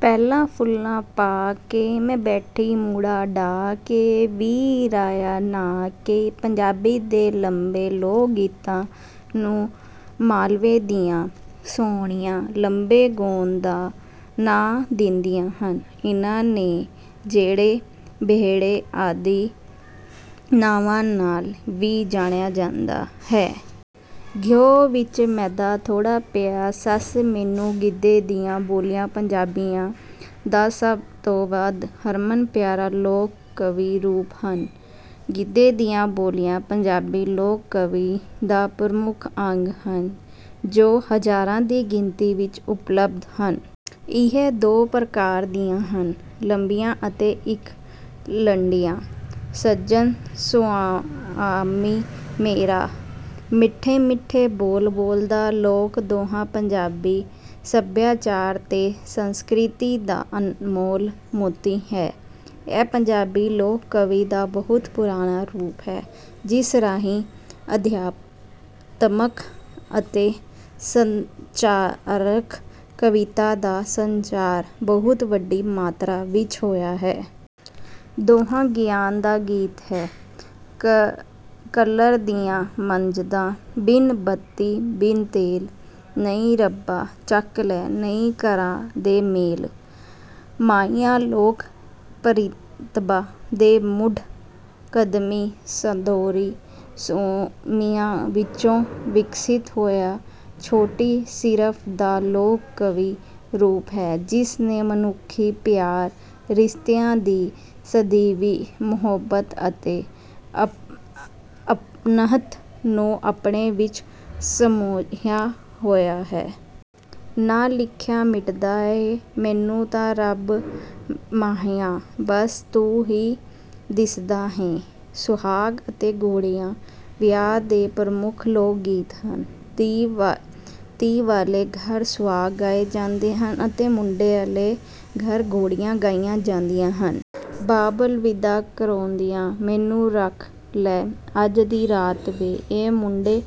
ਪੈਲਾ ਫੁੱਲਾਂ ਪਾ ਕੇ, ਮੈਂ ਬੈਠੀ ਮੂਹੜਾ ਡਾਹ ਕੇ; ਵੀਰ ਆਇਆ ਨਹਾ ਕੇ। ਪੰਜਾਬੀ ਦੇ ਲੰਬੇ ਲੋਕ-ਗੀਤਾਂ ਨੂੰ ਮਾਲਵੇ ਦੀਆਂ ਸੌਣੀਆਂ ਲੰਬੇ ਗੌਣ ਦਾ ਨਾਂ ਦਿੰਦੀਆਂ ਹਨ। ਇਨ੍ਹਾਂ ਨੂੰ ਝੇੜੇ, ਬਿਰਹੜੇ’ ਆਦਿ ਨਾਵਾਂ ਨਾਲ ਵੀ ਜਾਣਿਆ ਜਾਂਦਾ ਹੈ। ਘਿਓ ਵਿੱਚ ਮੈਦਾ ਥੋੜ੍ਹਾ ਪਿਆ, ਸੱਸ ਮੈਨੂੰ ਗਿੱਧੇ ਦੀਆਂ ਬੋਲੀਆਂ ਪੰਜਾਬੀਆਂ ਦਾ ਸਭ ਤੋਂ ਵੱਧ ਹਰਮਨ-ਪਿਆਰਾ ਲੋਕ-ਕਾਵਿ ਰੂਪ ਹਨ। ਗਿੱਧੇ ਦੀਆਂ ਬੋਲੀਆਂ ਪੰਜਾਬੀ ਲੋਕ-ਕਾਵਿ ਦਾ ਪ੍ਰਮੁੱਖ ਅੰਗ ਹਨ, ਜੋ ਹਜ਼ਾਰਾਂ ਦੀ ਗਿਣਤੀ ਵਿੱਚ ਉਪਲੱਬਧ ਹਨ। ਇਹ ਦੋ ਪ੍ਰਕਾਰ ਦੀਆਂ ਹਨ ਲੰਬੀਆਂ ਅਤੇ ਇੱਕ-ਲੜੀਆਂ। ਸੱਜਣ ਸੁਆਮੀ ਮੇਰਾ, ਮਿੱਠੇ-ਮਿੱਠੇ ਬੋਲ ਬੋਲਦਾ। ਲੋਕ-ਦੋਹਾ ਪੰਜਾਬੀ ਸੱਭਿਆਚਾਰ ਤੇ ਸੰਸਕ੍ਰਿਤੀ ਦਾ ਅਨਮੋਲ ਮੋਤੀ ਹੈ। ਇਹ ਪੰਜਾਬੀ ਲੋਕ-ਕਾਵਿ ਦਾ ਬਹੁਤ ਪੁਰਾਣਾ ਰੂਪ ਹੈ, ਜਿਸ ਰਾਹੀਂ ਅਧਿਆਤਮਕ ਅਤੇ ਸਦਾਚਾਰਕ ਕਵਿਤਾ ਦਾ ਸੰਚਾਰ ਬਹੁਤ ਵੱਡੀ ਮਾਤਰਾ ਵਿੱਚ ਹੋਇਆ ਹੈ। ਦੋਹਾ ਗਿਆਨ ਦਾ ਗੀਤ ਹੈ। ਕੱਲਰ ਦੀਵਾ ਮੱਚਦਾ, ਬਿਨ ਬੱਤੀ ਬਿਨ ਤੇਲ; ਨਹੀਂ ਰੱਬਾ, ਚੱਕ ਲੈ; ਨਹੀਂ ਕਰਾ ਦੇ ਮੇਲ। ਮਾਹੀਆ’ ਲੋਕ-ਪ੍ਰਤਿਭਾ ਦੇ ਮੁੱਢ-ਕਦੀਮੀ ਸਰੋਦੀ ਸੋਮਿਆਂ ਵਿੱਚੋਂ ਵਿਕਸਿਤ ਹੋਇਆ ਛੋਟੀ ਸਿਨਫ਼ ਦਾ ਲੋਕ-ਕਾਵਿ ਰੂਪ ਹੈ, ਜਿਸ ਨੇ ਮਨੁੱਖੀ ਪਿਆਰ, ਰਿਸ਼ਤਿਆਂ ਦੀ ਸਦੀਵੀਂ ਮੁਹੱਬਤ ਅਤੇ ਅਪਣੱਤ ਨੂੰ ਆਪਣੇ ਵਿੱਚ ਸਮੋਇਆ ਹੋਇਆ ਹੈ। ਨਾ ਲਿਖਿਆ ਮਿਟਦਾ ਏ, ਮੈਨੂੰ ਤਾਂ ਰੱਬ ਮਾਹੀਆ, ਬੱਸ ਤੂੰ ਹੀ ਦਿਸਦਾ ਏ। ਸੁਹਾਗ’ ਅਤੇ ਘੋੜੀਆਂ’ ਵਿਆਹ ਦੇ ਪ੍ਰਮੁੱਖ ਲੋਕ-ਗੀਤ ਹਨ। ਧੀ ਵਾਲੇ ਘਰ ਸੁਹਾਗ ਗਾਏ ਜਾਂਦੇ ਹਨ ਅਤੇ ਮੁੰਡੇ ਵਾਲੇ ਘਰ ਘੋੜੀਆਂ ਗਾਈਆਂ ਜਾਂਦੀਆਂ ਹਨ। ਬਾਬਲ, ਵਿਦਾ ਕਰੇਂਦਿਆ, ਮੈਨੂੰ ਰੱਖ ਲੈ ਅੱਜ ਦੀ ਰਾਤ ਵੇ। ਇਹ ਮੁੰਡੇ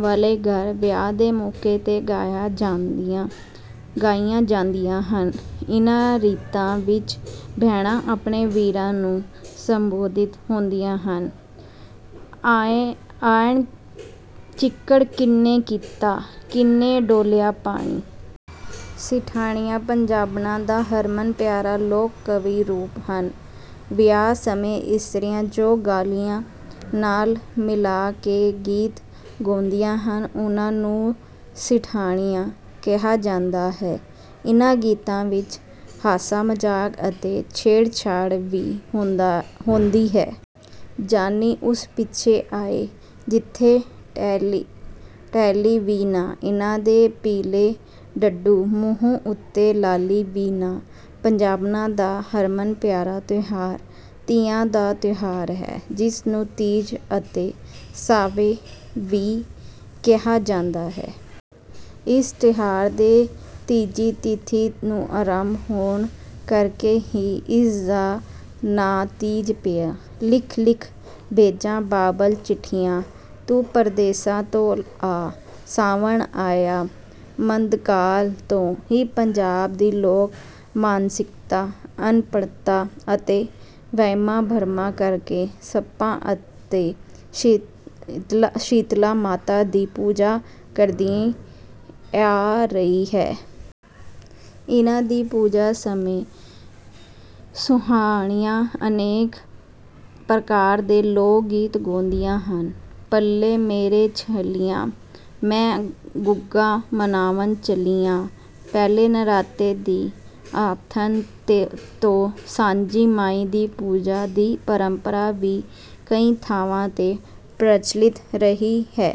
ਵਾਲੇ ਘਰ ਵਿਆਹ ਦੇ ਮੌਕੇ ’ਤੇ ਗਾਈਆਂ ਜਾਂਦੀਆਂ ਹਨ। ਇਨ੍ਹਾਂ ਰੀਤਾਂ ਵਿੱਚ ਭੈਣਾਂ ਆਪਣੇ ਵੀਰਾਂ ਨੂੰ ਸੰਬੋਧਿਤ ਹੁੰਦੀਆਂ ਹਨ। ਆਇਣ ਚਿੱਕੜ ਕੀਹਨੇ ਕੀਤਾ, ਕੀਹਨੇ ਡੋਲ੍ਹਿਆ ਪਾਣੀ? ਸਿੱਠਣੀਆਂ ਪੰਜਾਬਣਾਂ ਦਾ ਹਰਮਨ-ਪਿਆਰਾ ਲੋਕ-ਕਾਵਿ ਰੂਪ ਹਨ। ਵਿਆਹ ਸਮੇਂ ਇਸਤਰੀਆਂ ਜੋ ਗਾਲੀਆਂ ਨਾਲ ਮਿਲਾ ਕੇ ਗੀਤ ਗਾਉਂਦੀਆਂ ਹਨ, ਉਨ੍ਹਾਂ ਨੂੰ ਸਿੱਠਣੀਆਂ ਕਿਹਾ ਜਾਂਦਾ ਹੈ। ਇਨ੍ਹਾਂ ਗੀਤਾਂ ਵਿੱਚ ਹਾਸਾ-ਮਜ਼ਾਕ ਅਤੇ ਛੇੜਛਾੜ ਵੀ ਹੁੰਦੀ ਹੈ। ਜਾਨੀ ਉਸ ਪਿੱਛੋਂ ਆਏ, ਜਿੱਥੇ ਟਾਹਲੀ ਵੀ ਨਾ ਇਨ੍ਹਾਂ ਦੇ ਪੀਲੇ ਡੱਡੂ, ਮੂੰਹ ਉੱਤੇ ਲਾਲੀ ਵੀ ਨਾ। ਪੰਜਾਬਣਾਂ ਦਾ ਹਰਮਨ-ਪਿਆਰਾ ਤਿਉਹਾਰ ਤੀਆਂ ਦਾ ਤਿਉਹਾਰ ਹੈ, ਜਿਸ ਨੂੰ ਤੀਜ ਅਤੇ ਸਾਵੇ’ ਵੀ ਕਿਹਾ ਜਾਂਦਾ ਹੈ। ਇਸ ਤਿਉਹਾਰ ਦੇ ਤੀਜੀ ਤਿਥੀ ਨੂੰ ਆਰੰਭ ਹੋਣ ਕਰਕੇ ਹੀ ਇਸ ਦਾ ਨਾਂ ਤੀਜ’ ਪਿਆ। ਲਿਖ-ਲਿਖ ਭੇਜਾਂ ਬਾਬਲ ਚਿੱਠੀਆਂ, ਤੂੰ ਪਰਦੇਸਾਂ ਤੋਂ ਆ ਸਾਵਣ ਆਇਆ। ਮੱਧਕਾਲ ਤੋਂ ਹੀ ਪੰਜਾਬ ਦੀ ਲੋਕ-ਮਾਨਸਿਕਤਾ ਅਨਪੜ੍ਹਤਾ ਅਤੇ ਵਹਿਮਾਂ-ਭਰਮਾਂ ਕਰਕੇ ਸੱਪਾਂ ਅਤੇ ਸੀਤਲਾ ਮਾਤਾ ਦੀ ਪੂਜਾ ਕਰਦੀ ਆ ਰਹੀ ਹੈ। ਇਨ੍ਹਾਂ ਦੀ ਪੂਜਾ ਸਮੇਂ ਸੁਆਣੀਆਂ ਅਨੇਕ ਪ੍ਰਕਾਰ ਦੇ ਲੋਕ-ਗੀਤ ਗਾਉਂਦੀਆਂ ਹਨ। ਪੱਲੇ ਮੇਰੇ ਛੱਲੀਆਂ, ਮੈਂ ਗੁੱਗਾ ਮਨਾਵਣ ਚੱਲੀ ਆਂ। ਪਹਿਲੇ ਨਰਾਤੇ ਦੀ ਆਥਣ ਤੋਂ ਸਾਂਝੀ ਮਾਈ’ ਦੀ ਪੂਜਾ ਦੀ ਪਰੰਪਰਾ ਵੀ ਕਈ ਥਾਵਾਂ ’ਤੇ ਪ੍ਰਚਲਿਤ ਰਹੀ ਹੈ।